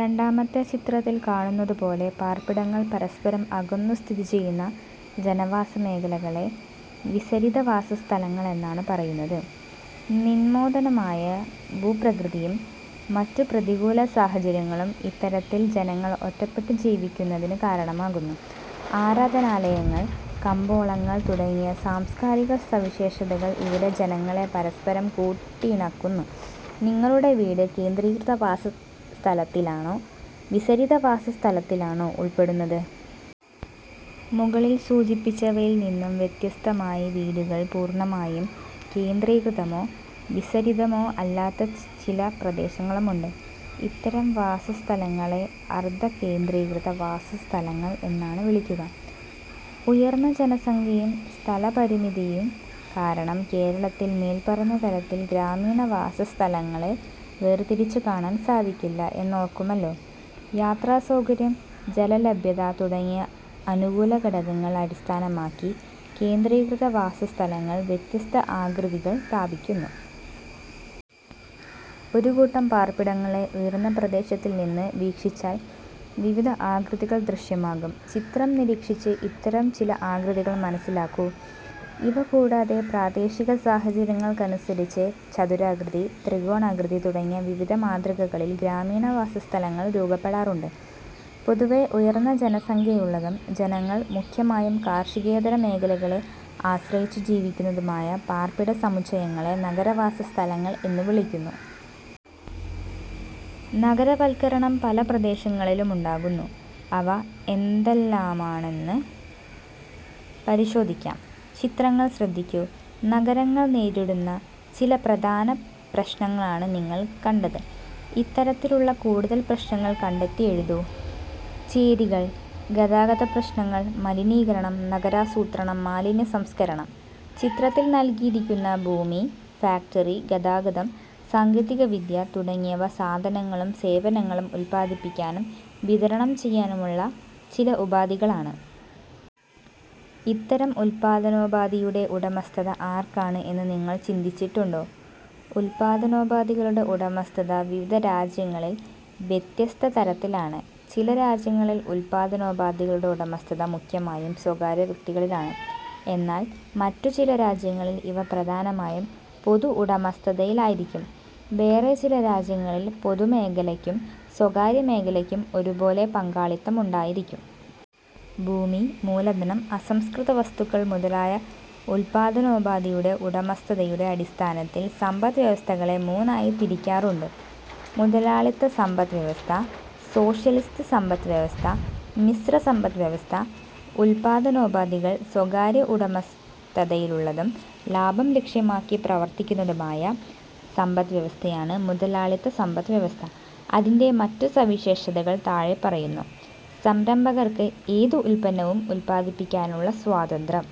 രണ്ടാമത്തെ ചിത്രത്തിൽ കാണുന്നതുപോലെ പാർപ്പിടങ്ങൾ പരസ്പരം അകന്നു സ്ഥിതിചെയ്യുന്ന ജനവാസമേഖലകളെ വിസരിത വാസ സ്ഥലങ്ങൾ എന്നാണ് പറയുന്നത്. നിമ്നോന്നതമായ ഭൂപ്രകൃതിയും മറ്റു പ്രതികൂല സാഹചര്യങ്ങളും ഇത്തരത്തിൽ ജനങ്ങൾ ഒറ്റപ്പെട്ട് ജീവിക്കുന്നതിന് കാരണമാകുന്നു. ആരാധനാലയങ്ങൾ, കമ്പോളങ്ങൾ തുടങ്ങിയ സാംസ്കാരികസവിശേഷതകൾ ഇവിടെ ജനങ്ങളെ പരസ്പരം കൂട്ടിയിണക്കുന്നു. നിങ്ങളുടെ വീട് കേന്ദ്രീകൃത വാസസ്ഥലത്തിലാണോ വിസരിത വാസ സ്ഥലത്തിലാണോ ഉൾപ്പെടുന്നത്? മുകളിൽ സൂചിപ്പിച്ചവയിൽ നിന്നു വ്യത്യസ്തമായി വീടുകൾ പൂർണമായും കേന്ദ്രീകൃതമോ വിസരിതമോ അല്ലാത്ത ചില പ്രദേശങ്ങളുമുണ്ട്. ഇത്തരം വാസസ്ഥലങ്ങളെ അർധ കേന്ദ്രീകൃത വാസസ്ഥലങ്ങൾ എന്നാണ് വിളിക്കുക. ഉയർന്ന ജനസംഖ്യയും സ്ഥലപരിമിതിയും കാരണം കേരളത്തിൽ മേൽപ്പറഞ്ഞ തരത്തിൽ ഗ്രാമീണവാസസ്ഥലങ്ങളെ വേർതിരിച്ച് കാണാൻ സാധിക്കില്ല എന്നോർക്കുമല്ലോ. യാത്രാസൗകര്യം, ജലലഭ്യത തുടങ്ങിയ അനുകൂല ഘടകങ്ങൾ അടിസ്ഥാനമാക്കി കേന്ദ്രീകൃത വാസസ്ഥലങ്ങൾ വ്യത്യസ്ത ആകൃതികൾ പ്രാപിക്കുന്നു. ഒരു കൂട്ടം പാർപ്പിടങ്ങളെ ഉയർന്ന പ്രദേശങ്ങളിൽനിന്ന് വീക്ഷിച്ചാൽ വിവിധ ആകൃതികൾ ദൃശ്യമാകും. ചിത്രം നിരീക്ഷിച്ച് ഇത്തരം ചില ആകൃതികൾ മനസ്സിലാക്കൂ. ഇവ കൂടാതെ പ്രാദേശിക സാഹചര്യങ്ങൾക്കനുസരിച്ച് ചതുരാകൃതി, ത്രികോണാകൃതി തുടങ്ങി വിവിധ മാതൃകകളിൽ ഗ്രാമീണവാസസ്ഥലങ്ങൾ രൂപപ്പെടാറുണ്ട്. പൊതുവെ ഉയർന്ന ജനസംഖ്യയുള്ളതും ജനങ്ങൾ മുഖ്യമായും കാർഷികേതര മേഖലയെ ആശ്രയിച്ചു ജീവിക്കുന്നതുമായ പാർപ്പിടസമുച്ചയങ്ങളെ നഗരവാസസ്ഥലങ്ങൾ എന്നു വിളിക്കുന്നു. നഗരവൽക്കരണം പല പ്രശ്നങ്ങളും ഉണ്ടാക്കുന്നു. അവ എന്തെല്ലാമാണെന്ന് പരിശോധിക്കാം. ചിത്രങ്ങൾ ശ്രദ്ധിക്കൂ. നഗരങ്ങൾ നേരിടുന്ന ചില പ്രധാന പ്രശ്നങ്ങളാണ് നിങ്ങൾ കണ്ടത്. ഇത്തരത്തിലുള്ള കൂടുതൽ പ്രശ്നങ്ങൾ കണ്ടെത്തി എഴുതൂ. ചേരികൾ. ഗതാഗതപ്രശ്നങ്ങൾ. മലിനീകരണം. നഗരാസൂത്രണം. മാലിന്യസംസ്കരണം. ചിത്രത്തിൽ നൽകിയിരിക്കുന്ന ഭൂമി, ഫാക്ടറി, ഗതാഗതം, സാങ്കേതികവിദ്യ തുടങ്ങിയവ സാധനങ്ങളും സേവനങ്ങളും ഉൽപ്പാദിപ്പിക്കാനും വിതരണം ചെയ്യാനുമുള്ള ചില ഉപാധികളാണ്. ഇത്തരം ഉൽപ്പാദനോപാധികളുടെ ഉടമസ്ഥത ആർക്കാണ് എന്ന് നിങ്ങൾ ചിന്തിച്ചിട്ടുണ്ടോ? ഉൽപ്പാദനോപാധികളുടെ ഉടമസ്ഥത വിവിധ രാജ്യങ്ങളിൽ വ്യത്യസ്ത തരത്തിലാണ്. ചില രാജ്യങ്ങളിൽ ഉൽപ്പാദനോപാധികളുടെ ഉടമസ്ഥത മുഖ്യമായും സ്വകാര്യ വ്യക്തികളിലാണ്. എന്നാൽ മറ്റു ചില രാജ്യങ്ങളിൽ ഇവ പ്രധാനമായും പൊതു ഉടമസ്ഥതയിലായിരിക്കും. വേറെ ചില രാജ്യങ്ങളിൽ പൊതുമേഖലയ്ക്കും സ്വകാര്യമേഖലയ്ക്കും ഒരുപോലെ പങ്കാളിത്തം ഉണ്ടായിരിക്കും. ഭൂമി, മൂലധനം, അസംസ്കൃതവസ്തുക്കൾ മുതലായ ഉൽപ്പാദനോപാധികളുടെ ഉടമസ്ഥതയുടെ അടിസ്ഥാനത്തിൽ സമ്പദ് വ്യവസ്ഥകളെ മൂന്നായി തിരിക്കാറുണ്ട്. മുതലാളിത്ത സമ്പദ്വ്യവസ്ഥ, സോഷ്യലിസ്റ്റ് സമ്പദ്വ്യവസ്ഥ, മിശ്ര സമ്പദ്വ്യവസ്ഥ. ഉൽപ്പാദനോപാധികൾ സ്വകാര്യ ഉടമസ്ഥതയിലുള്ളതും ലാഭം ലക്ഷ്യമാക്കി പ്രവർത്തിക്കുന്നതുമായ സമ്പദ്വ്യവസ്ഥയാണ് മുതലാളിത്ത സമ്പദ് വ്യവസ്ഥ. അതിന്റെ മറ്റു സവിശേഷതകൾ താഴെ പറയുന്നു. സംരംഭകർക്ക് ഏത് ഉൽപ്പന്നവും ഉൽപ്പാദിപ്പിക്കാനുള്ള സ്വാതന്ത്ര്യം.